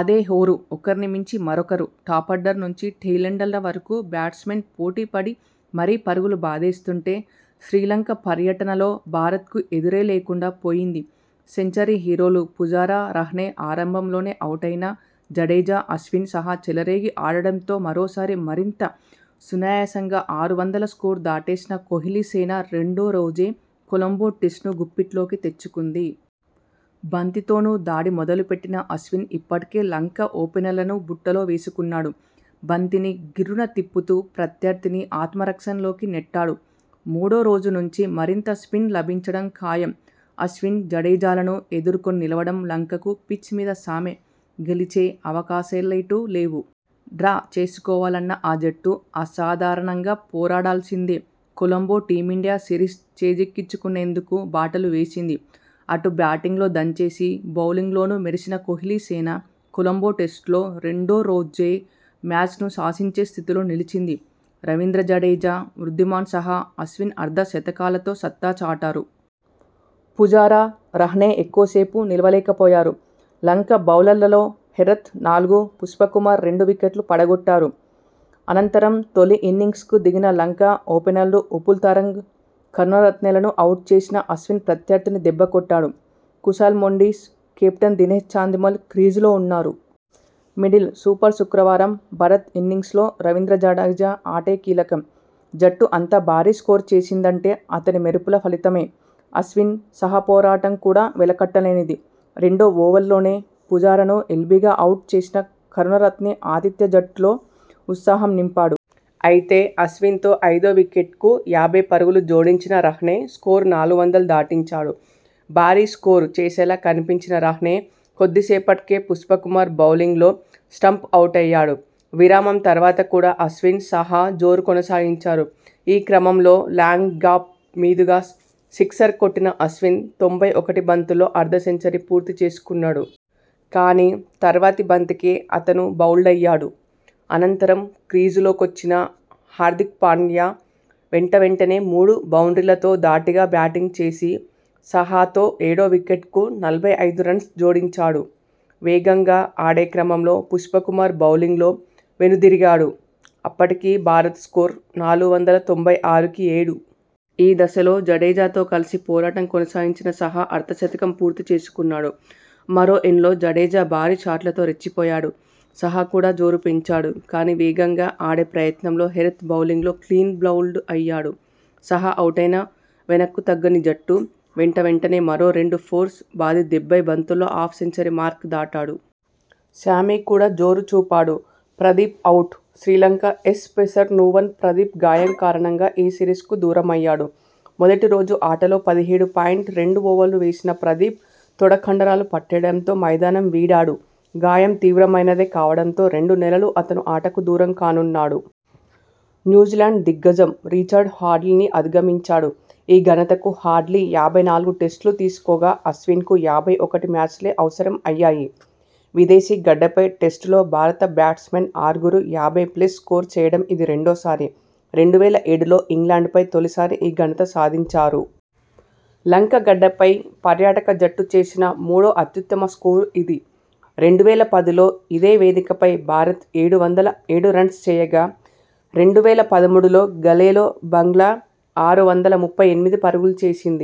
అదే హోరు..! ఒకరినిమించి మరొకరు టాపార్డర్ నుంచి టెయింలెండర్ల వరకూ బ్యాట్స్మెన్ పోటీ పడి మరీ పరుగులు బాదేస్తుంటే.. శ్రీలంక పర్యటనలో భారత్ కు ఎదురేలేకుండా పోయింది..! సెంచరీ హీరోలు పుజారా, రహానె ఆరంభంలోనేఅవుటైనా జడేజా, అశ్విన్, సాహా చెలరేగి ఆడడంతో మరోసారి మరింత సునాయాసంగా ఆరు వందల స్కోరు దాటేసిన కోహ్లీ సేన రెండో రోజే కొలంబో టెస్టును గుప్పిట్లోకి తెచ్చుకుంది..! బంతితోనూ దాడి మొదలు పెట్టిన అశ్విన్ ఇప్పటికే లంక ఓపెనర్లను బుట్టలో వేసుకున్నాడు..! బంతిని గిర్రున తిప్పుతూ ప్రత్యర్థిని ఆత్మరక్షణలోకి నెట్టాడు..! మూడో రోజు నుంచి మరింత స్పిన్ లభించడం ఖాయం..! అశ్విన్, జడేజాలను ఎదుర్కొని నిలవడం లంక కు 'పిచ్'మీద సామే..! గెలిచే అవకాశాలెటూ లేవు.. డ్రా చేసుకోవాలన్నా ఆ జట్టు అసాధారణంగా పోరాడిల్సిందే..! కొలంబో టీమిండియా సిరీస్ చేజిక్కించుకునేందుకు బాటలు వేసింది. అటు బ్యాటింగ్లో దంచేసి బౌలింగ్లోనూ మెరిసిన కోహ్లీసేన కొలంబో టెస్టులో రెండో రోజే మ్యాచ్ను శాసించే స్థితిలో నిలిచింది. రవీంద్ర జడేజా, వృద్ధిమాన్ సాహా, అశ్విన్ అర్ధ శతకాలతో సత్తా చాటారు. పుజారా, రహానె ఎక్కువసేపు నిలువలేకపోయారు. లంక బౌలర్లలో హెరత్ నాలుగు, పుష్పకుమార రెండు వికెట్లు పడగొట్టారు. అనంతరం తొలి ఇన్నింగ్స్ కు దిగిన లంక.. ఓపెనర్లు ఉపుల్ తరంగ, కణ రత్నె లను అవుట్ చేసిన అశ్విన్ ప్రత్యర్థిని దెబ్బకొట్టాడు. కుశాల్ మెండిస్, కెప్టెన్ దినేశ్ చాందిమల్ క్రీజులో ఉన్నారు. మిడిల్ సూపర్ శుక్రవారం భరత్ ఇన్నింగ్స్ లో రవీంద్ర జడేజా ఆటే కీలకం. జట్టు అంత భారీ స్కోరు చేసిందంటే అతని మెరుపుల ఫలితమే. అశ్విన్, సహ పోరాటం కూడా వెలకట్టలేనిది. రెండో ఓవర్లోనే పుజారాను ఎల్బీగా అవుట్ చేసిన కరుణరత్నె ఆతిథ్య జట్టులో ఉత్సాహం నింపాడు. అయితే, అశ్విన్తో ఐదో వికెట్కు యాభై పరుగులు జోడించిన రహానె స్కోరు నాలుగు వందల దాటించాడు. భారీ స్కోరు చేసేలా కనిపించిన రహానె కొద్దిసేపటికే పుస్పకుమార్ బౌలింగ్లో స్టంప్ ఔటయ్యాడు. విరామం తర్వాత కూడా అశ్విన్, సాహా జోరు కొనసాగించారు. ఈ క్రమంలో లాన్గాప్ మీదుగా సిక్సర్ కొట్టిన అశ్విన్ తొంభై ఒకటి బంతుల్లో అర్ధ సెంచరీ పూర్తి చేసుకున్నాడు. కానీ, తర్వాతి బంతికే అతను బౌల్డ్ అయ్యాడు. అనంతరం క్రీజులోకొచ్చిన హార్దిక్ పాండ్యా వెంటవెంటనే మూడు బౌండ్రీలతో ధాటిగా బ్యాటింగ్ చేసి సాహాతో ఏడో వికెట్కు నలభై ఐదు రన్స్ జోడించాడు. వేగంగా ఆడే క్రమంలో పుష్పకుమార్ బౌలింగ్లో వెనుదిరిగాడు. అప్పటికి భారత్ స్కోరు నాలుగు వందల తొంభై ఆరు కి ఏడు. ఈ దశలో జడేజాతో కలిసి పోరాటం కొనసాగించిన సాహా అర్ధ శతకం పూర్తి చేసుకున్నాడు. మరో ఎండ్లో జడేజా భారీ షాట్లతో రెచ్చిపోయాడు. సాహా కూడా జోరు పెంచాడు. కానీ, వేగంగా ఆడే ప్రయత్నంలో హెరాత్ బౌలింగ్లో క్లీన్ బౌల్డ్ అయ్యాడు. సాహా అవుటైనా వెనక్కుతగ్గని జట్టూ వెంటవెంటనే మరో రెండు ఫోర్స్ బాది డెబ్బై బంతుల్లో హాఫ్ సెంచరీ మార్కు దాటాడు. షమి కూడా జోరు చూపాడు. ప్రదీప్ అవుట్ శ్రీలంక ఏస్ పేసర్ నువాన్ ప్రదీప్ గాయం కారణంగా ఈ సిరీస్కు దూరమయ్యాడు. మొద టిరోజు ఆటలో పదిహేడు పాయింట్ రెండు ఓవర్లు వేసిన ప్రదీప్ తొడకండరా లు పట్టేయడంతో మైదానం వీడాడు. గాయం తీవ్రమైనదే కావడంతో రెండు నెలలు అతను ఆటకు దూరంకానున్నాడు. న్యూజిలాండ్ దిగ్గజం రిచర్డ్ హాడ్లీని అధిగమించాడు. ఈ ఘనతకు హాడ్లీ యాభై నాలుగు టెస్టులు తీసుకోగా.. అశ్విన్కు యాభై ఒకటి మ్యాచ్లే అవసరం అయ్యాయి. విదేశీ గడ్డపై టెస్టులో భారత బ్యాట్స్మెన్ ఆరుగురు యాభై ప్లస్ స్కోరు చేయడం ఇది రెండోసారి. రెండు వేల ఏడులో ఇంగ్లండ్ పై తొలిసారి ఈ ఘనత సాధించారు. లంక గడ్డపై పర్యాటక జట్టు చేసిన మూడో అత్యుత్తమ స్కోరు ఇది. రెండు వేల పదిలో ఇదే వేదికపై భారత్ ఏడు వందల ఏడు రన్స్ చేయగా.. రెండు వేల పదమూడులో గాలెలో బంగ్లా ఆరు వందల ముప్పై ఎనిమిది పరుగులు చేసింది.